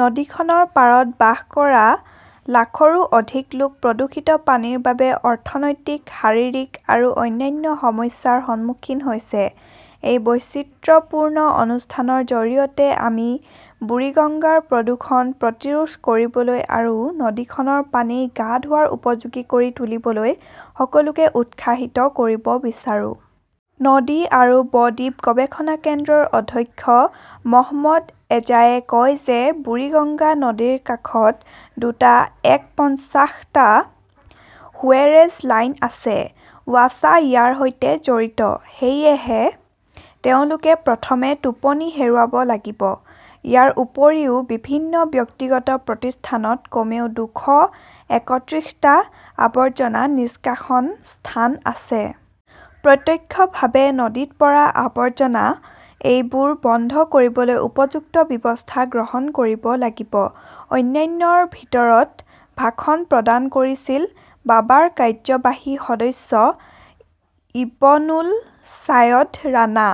নদীখনৰ পাৰত বাস কৰা লাখৰো অধিক লোক প্ৰদূষিত পানীৰ বাবে অৰ্থনৈতিক, শাৰীৰিক আৰু অন্যান্য সমস্যাৰ সন্মুখীন হৈছে। এই বৈচিত্ৰপূৰ্ণ অনুষ্ঠানৰ জৰিয়তে আমি বুৰিগঙ্গাৰ প্ৰদূষণ প্ৰতিৰোধ কৰিবলৈ আৰু নদীখনৰ পানী গা ধোৱাৰ উপযোগী কৰি তুলিবলৈ সকলোকে উৎসাহিত কৰিব বিচাৰো। নদী আৰু ব-দ্বীপ গৱেষণা কেন্দ্ৰৰ অধ্যক্ষ মহম্মদ এজাজে কয় যে বুৰিগঙ্গা নদীৰ কাষত দুশ একপঞ্চাশ টা সুৱেৰেজ লাইন আছে। ৱাছা ইয়াৰ সৈতে জড়িত। সেয়েহে তেওঁলোকে প্ৰথমে টোপনি হেৰুৱাব লাগিব। ইয়াৰ উপৰিও বিভিন্ন ব্যক্তিগত প্ৰতিষ্ঠানত কমেও দুশ একত্ৰিশ টা আৱৰ্জনা নিষ্কাশন স্থান আছে। প্ৰত্যক্ষভাৱে নদীত পৰা আৱৰ্জনা। এইবোৰ বন্ধ কৰিবলৈ উপযুক্ত ব্যৱস্থা গ্ৰহণ কৰিব লাগিব। অন্যান্যৰ ভিতৰত ভাষণ প্ৰদান কৰিছিল বাবাৰ কাৰ্যবাহী সদস্য ইবনুল ছাইদ ৰাণা,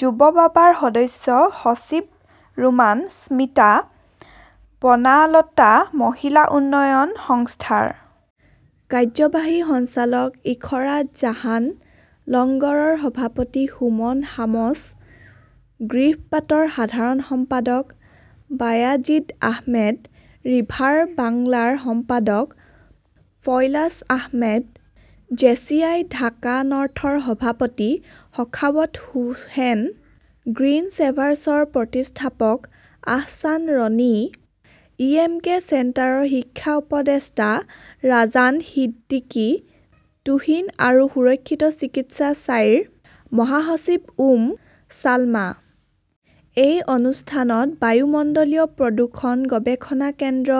যুৱ বাবাৰ সদস্য সচিব ৰোমান স্মিতা, বনালতা মহিলা উন্নয়ন সংস্থাৰ কাৰ্যবাহী সঞ্চালক ইশৰাত জাহান, লংগৰৰ সভাপতি সুমন শামছ, গ্ৰীভপাটৰ সাধাৰণ সম্পাদক বায়াজিদ আহমেদ, ৰিভাৰ বাংলাৰ সম্পাদক ফয়ছাল আহমেদ, জেচিআই ঢাকা নৰ্থৰ সভাপতি শখাৱত হোসেন, গ্ৰীণ ছেভাৰ্ছৰ প্ৰতিষ্ঠাপক আহছান ৰনী, ইএমকে চেণ্টাৰৰ শিক্ষা উপদেষ্টা ৰাজন সিদ্দিকী টুহিন আৰু সুৰক্ষিত চিকিৎসা চাইৰ মহাসচিব উম ছালমা। এই অনুষ্ঠানত বায়ুমণ্ডলীয় প্ৰদূষণ গৱেষণা কেন্দ্ৰ,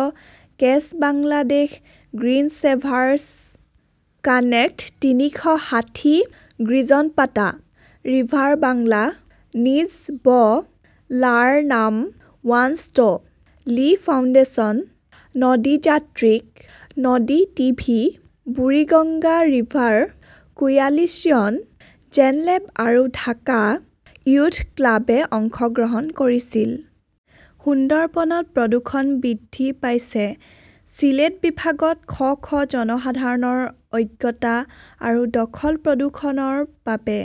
কেচ বাংলাদেশ, গ্ৰীণ ছেভাৰ্ছ, কানেক্ট তিনিশ ষাঠি গ্ৰীজনপাতা, ৰিভাৰ বাংলা, নিজ-ব 'লাৰ নাম ৱান ষ্ট' লি ফাউণ্ডেশ্যন, নদীযাত্ৰিক, নদী টিভি, বুৰিগঙ্গা ৰিভাৰ কোয়ালিশ্যন, জেনলেব আৰু ঢাকা য়ুথ ক্লাবে অংশগ্ৰহণ কৰিছিল। সুন্দৰবনত প্ৰদূষণ বৃদ্ধি পাইছে ছিলেট বিভাগত শ শ জনসাধাৰণৰ অজ্ঞতা আৰু দখল-প্ৰদূষণৰ বাবে